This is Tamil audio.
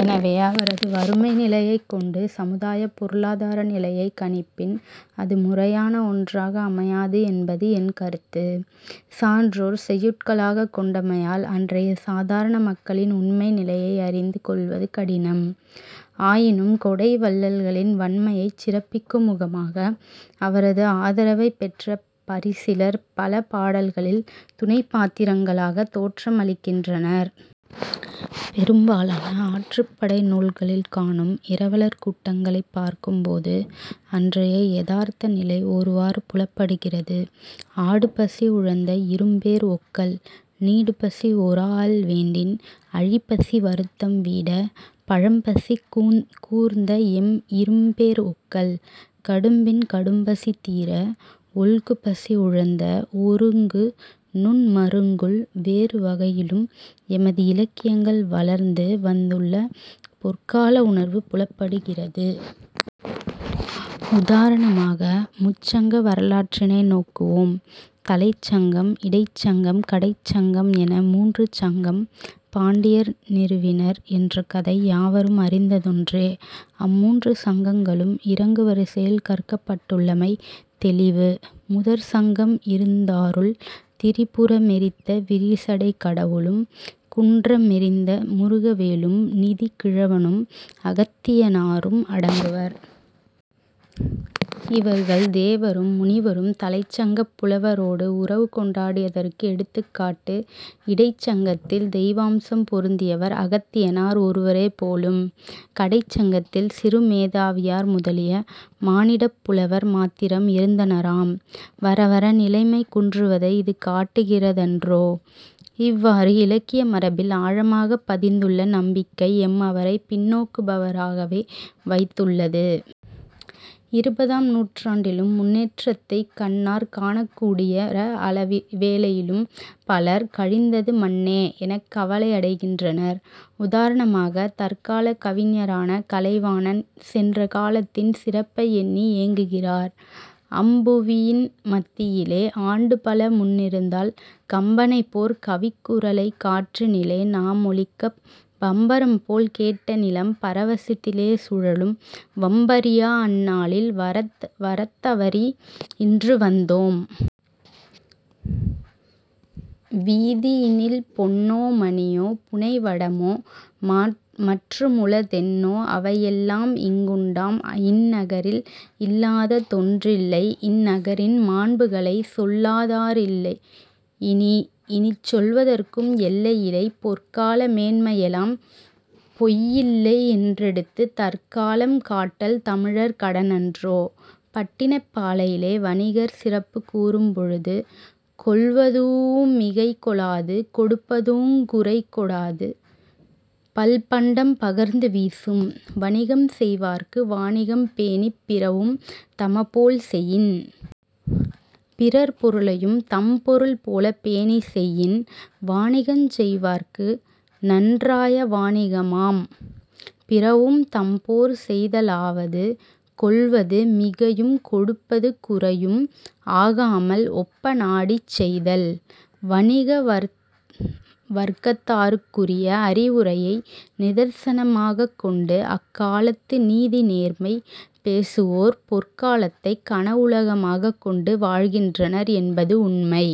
எனவே அவரது வறுமைநிலையைக் கொண்டு சமுதாயப் பொருளாதார நிலையைக் கணிப்பின் அது முறையான ஒன்றாக அமையாது என்பது என் கருத்து. சான்றோர் செய்யுட்களாகக் கொண்டமையால் அன்றைய சாதாரண மக்களின் உண்மை நிலையை அறிந்து கொள்வது கடினம். ஆயினும் கொடை வள்ளல்களின் வண்மையைச் சிறப்பிக்குமுகமாக, அவரது ஆதரவைப் பெற்ற பரிசிலர் பல பாடல்களில் துணைப் பாத்திரங்களாகத் தோற்றமளிக்கின்றனர். பெரும்பாலான ஆற்றுப் படை நூல்களிற் காணும் இரவலர் கூட்டங்களைப் பார்க்கும்போது, அன்றைய யதார்த்த நிலை ஒருவாறு புலப்படுகிறது. "ஆடுபசி உழந்த இரும்பேர் ஒக்கல்" "நீடுபசி ஒராஅல் வேண்டின்" "அழிபசி வருத்தம் வீட" "பழம்பசி கூர்ந்தஎம் இரும்பேர் ஒக்கல்" "கடும்பின் கடும்பசி தீர" "ஒல்குபசி உழந்த ஒருங்கு நுண் மருங்குல்" வேறுவகையிலும் எமது இலக்கியங்கள் வளர்ந்து வந்துள்ள பொற்கால உணர்வு புலப்படுகிறது. உதாரணமாக முச்சங்க வரலாற்றினை நோக்குவோம். தலைச்சங்கம், இடைச்சங்கம், கடைச்சங்கம் என மூன்று சங்கம் பாண்டியர் நிறுவினர் என்ற கதை யாவரும் அறிந்ததொன்றே. அம்மூன்று சங்கங்களும் இறங்கு வரிசையில் கற்பிக்கப்பட்டுள்ளமை தௌிவு. முதற் சங்கம் இருந்தாருள் திரிபுரமெரித்த விரிசடைக் கடவுளும், குன்றமெறிந்த முருகவேளும், நிதியின் கிழவனும், அகத்தியனாரும் அடங்குவர். இவர்கள் தேவரும் முனிவரும் தலைச்சங்கப் புலவரோடு உறவு கொண்டாடியதற்கு எடுத்துக்காட்டு. இடைச் சங்கத்தில் தெய்வாம்சம் பொருந்தியவர் அகத்தியனார் ஒருவரேபோலும். கடைச்சங்கத்தில் சிறுமேதாவியார் முதலிய மானிடப் புலவர் மாத்திரம் இருந்தனராம். வரவர நிலைமை குன்றுவதை இது காட்டுகிறதன்றோ! இவ்வாறு இலக்கிய மரபில் ஆழமாகப் பதிந்துள்ள நம்பிக்கை எம்மவரைப் பின்னோக்குபவராகவே வைத்துளது. இருபதாம் நூற்றாண்டிலும்-முன்னேற்றத்தைக் கண்ணாற் காணக்கூடிறய வேளையிலும்-பலர் "கழிந்தது மன்னே" எனக் கவலையடைகின்றனர். உதாரணமாக, தற்காலக் கவிஞரான கலைவாணன் சென்ற காலத்தின் சிறப்பையெண்ணி ஏங்குகிறார். "அம்புவியின் மத்தியிலே ஆண்டுபல முன்னிருந்தால் கம்பனைப் போற் கவிக்குரலைக் காற்றினிலே நாமொலிக்கப் பம்பரம்போல் கேட்ட நிலம் பரவசத்திலே சுழலும் வம்பறியா அந் நாளில் வரத் தவறி இன்று வந்தோம். "வீதியினில் பொன்னோ மணியோ, புனைவடமோ மற்றுமுள தென்னோ அவையெல்லாம் இங்குண்டாம் இந்நகரில் இல்லாத தொன்றில்லை இந் நகரின் மாண்புகளைச் சொல்லாதா ரில்லையினிச் சொல்வதற்கும் எல்லையிலை. பொற்கால மேன்மையெலாம் பொய்யில்லை என்றெடுத்துத் தற்காலம் காட்டல் தமிழர் கடனன்றோ. " பட்டினப்பாலையிலே வணிகர் சிறப்புக் கூறும் பொழுது, "கொள்வதூஉ மிகை கொளாது கொடுப்பதூஉங் குறை கொடாது பல்பண்டம் பகர்ந்து வீசும்" "வணிகம் செய்வார்க்கு வாணிகம் பேணிப் பிறவும் தமபோல் செயின். " "பிறர் பொருளையும் தம்பொருள் போலப் பேணிச் செய்யின், வாணிகஞ் செய்வார்க்கு நன்றாய வாணிகம் ஆம். பிறவும் தம்போற் செய்தலாவது கொள்வது மிகையும் கொடுப்பது குறையும் ஆகாமல் ஒப்ப நாடிச் செய்தல். " வணிக வர்க்கத்தாருக்குரிய அறிவுரையை நிதர்சனமாகக் கொண்டு, அக்காலத்து "நீதிநேர்மை" பேசுவோர் பொற்காலத்தைக் கனவுலகமாகக் கொண்டு வாழ்கின்றனர் என்பது உண்மை.